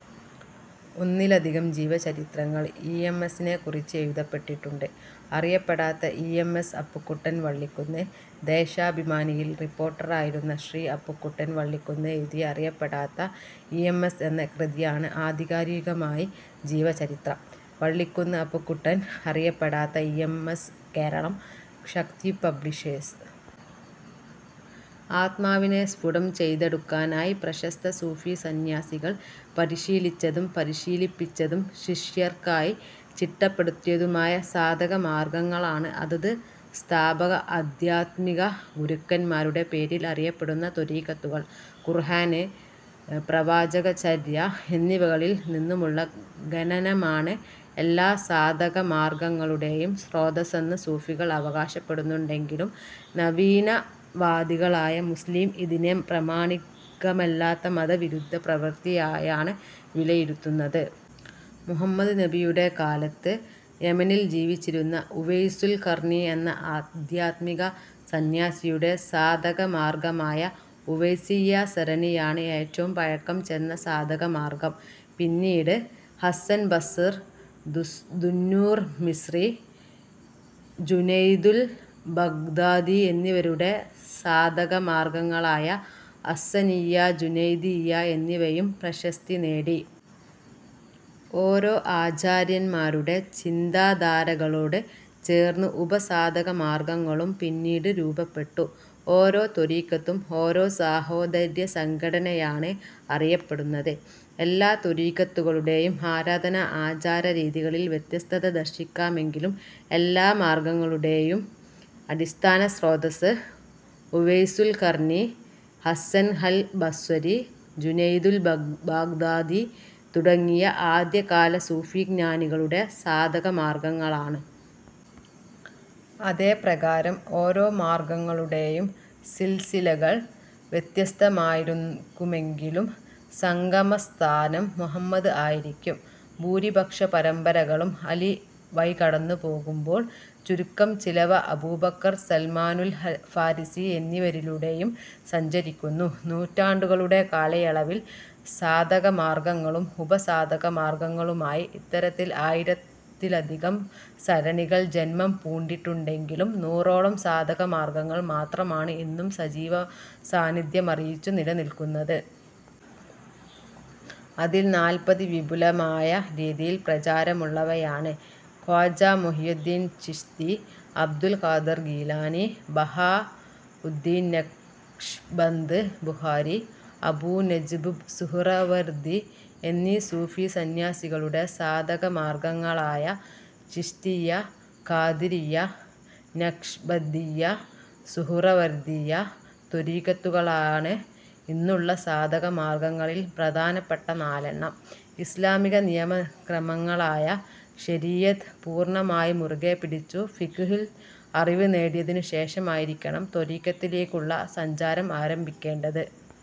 ഒന്നിലധികം ജീവചരിത്രങ്ങൾ E. M. എസിനെക്കുറിച്ച് എഴുതപ്പെട്ടിട്ടുണ്ട്. അറിയപ്പെടാത്ത E. M. S Appukuttan Vallikkunnu. ദേശാഭിമാനിയിൽ റിപ്പോർട്ടറായിരുന്ന ശ്രീ അപ്പുക്കുട്ടൻ വള്ളിക്കുന്ന് എഴുതിയ അറിയപ്പെടാത്ത ഇ. എം. എസ് എന്ന കൃതിയാണ് ആധികാരികമായി ജീവചരിത്രം. വള്ളിക്കുന്ന്, അപ്പുക്കുട്ടൻ. അറിയപ്പെടാത്ത E. M. S. Keralam: Shakti publishers.. ആത്മാവിനെ സ്ഫുടം ചെയ്തെടുക്കാനായി പ്രശസ്ത സൂഫി സന്യാസികൾ പരിശീലിച്ചതും, പരിശീലിപ്പിച്ചതും, ശിഷ്യർക്കായി ചിട്ടപ്പെടുത്തിയതുമായ സാധക മാർഗ്ഗങ്ങളാണ് അതത് സ്ഥാപക ആധ്യാത്മിക ഗുരുക്കന്മാരുടെ പേരിൽ അറിയപ്പടുന്ന ത്വരീഖത്തുകൾ. ഖുർആൻ, പ്രവാചക ചര്യ എന്നിവകളിൽ നിന്നുമുള്ള ഖനനമാണ് എല്ലാ സാധക മാർഗ്ഗങ്ങളുടെയും സ്രോതസ്സെന്നു സൂഫികൾ അവകാശപ്പെടുന്നുണ്ടെങ്കിലും നവീന വാദികളായ മുസ്ലിങ്ങൾ ഇതിനെ പ്രമാണികമല്ലാത്ത മത വിരുദ്ധ പ്രവൃത്തി ആയാണ് വിലയിരുത്തുന്നത്. മുഹമ്മദ് നബിയുടെ കാലത്ത് യമനിൽ ജീവിച്ചിരുന്ന ഉവൈസുൽ ഖർനി എന്ന ആധ്യാത്മിക സന്യാസിയുടെ സാധക മാർഗ്ഗമായ ഉവൈസിയ്യ സരണിയാണ് ഏറ്റവും പഴക്കം ചെന്ന സാധക മാർഗ്ഗം. പിന്നീട് Hassan Basr, Dunnur Misri, Junaidul Baghdadi എന്നിവരുടെ സാധക മാർഗ്ഗങ്ങളായ ഹസ്സനിയ്യ ജുനൈദിയ്യ എന്നിവയും പ്രശസ്തി നേടി. ഓരോ ആചാര്യന്മാരുടെ ചിന്താധാരകളോട് ചേർന്ന് ഉപ സാധക മാർഗ്ഗങ്ങളും പിന്നീട് രൂപപ്പെട്ടു. ഓരോ ത്വരീഖത്തും ഓരോ സാഹോദര്യ സംഘടനയായാണ് അറിയപ്പെടുന്നത്. എല്ലാ ത്വരീഖത്തുകളുടെയും ആരാധന ആചാര രീതികളിൽ വ്യത്യസ്തത ദർശിക്കാമെങ്കിലും എല്ലാ എല്ലാമാർഗ്ഗങ്ങളുടെയും അടിസ്ഥാന സ്രോതസ്സ് ഉവൈസുൽ ഖർനി, ഹസ്സൻ അൽ ബസ്വരി ജുനൈദുൽ ബാഗ്ദാദി തുടങ്ങിയ ആദ്യ കാല സൂഫി ജ്ഞാനികളുടെ സാധക മാർഗ്ഗങ്ങളാണ്. അതേ പ്രകാരം ഓരോ മാർഗ്ഗങ്ങളുടെയും സിൽസിലകൾ വ്യത്യസ്തമായിരിക്കുമെങ്കിലും സംഗമ സ്ഥാനം മുഹമ്മദ് ആയിരിക്കും. ഭൂരിപക്ഷ പരമ്പരകളും അലി വഴി കടന്നു പോകുമ്പോൾ ചുരുക്കം ചിലവ അബൂബക്കർ, സൽമാനുൽ ഫാരിസി എന്നിവരിലൂടെയും സഞ്ചരിക്കുന്നു. നൂറ്റാണ്ടുകളുടെ കാലയളവിൽ സാധക മാർഗ്ഗങ്ങളും ഉപ സാധക മാർഗ്ഗങ്ങളുമായി ഇത്തരത്തിൽ ആയിരത്തിലധികം സരണികൾ ജന്മം പൂണ്ടിട്ടുണ്ടെങ്കിലും നൂറോളം സാധക മാർഗ്ഗങ്ങൾ മാത്രമാണ് ഇന്നും സജീവ സാന്നിധ്യമറിയിച്ചു നിലനിൽക്കുന്നത്. അതിൽ നാൽപത് വിപുലമായ രീതിയിൽ പ്രചാരമുള്ളവയാണ്. ഖ്വാജാ മുഈനുദ്ദീൻ ചിശ്തി, അബ്ദുൽ ഖാദിർ ഗീലാനി, ബഹാഉദ്ദീൻ നഖ്ശ്ബന്ദ് ബുഖാരി, അബൂ നജ്ബ് സുഹ്റവര്ദി എന്നീ സൂഫി സന്യാസികളുടെ സാധക മാർഗ്ഗങ്ങളായ ചിശ്തിയ്യ, ഖാദിരിയ്യ, നഖ്ശ്ബന്ദിയ്യ, സുഹ്റവര്ദിയ്യ ത്വരീഖത്തുകളാണ് ഇന്നുള്ള സാധക മാർഗ്ഗങ്ങളിൽ പ്രധാനപ്പെട്ട നാലെണ്ണം. ഇസ്ലാമിക നിയമ ക്രമങ്ങളായ ശരീയത്ത് പൂർണ്ണമായി മുറുകെ പിടിച്ചു ഫിഖ്ഹ് ഇൽ അറിവ് നേടിയതിനു ശേഷമായിരിക്കണം ത്വരീഖത്തിലേക്കുള്ള സഞ്ചാരം ആരംഭിക്കേണ്ടത്.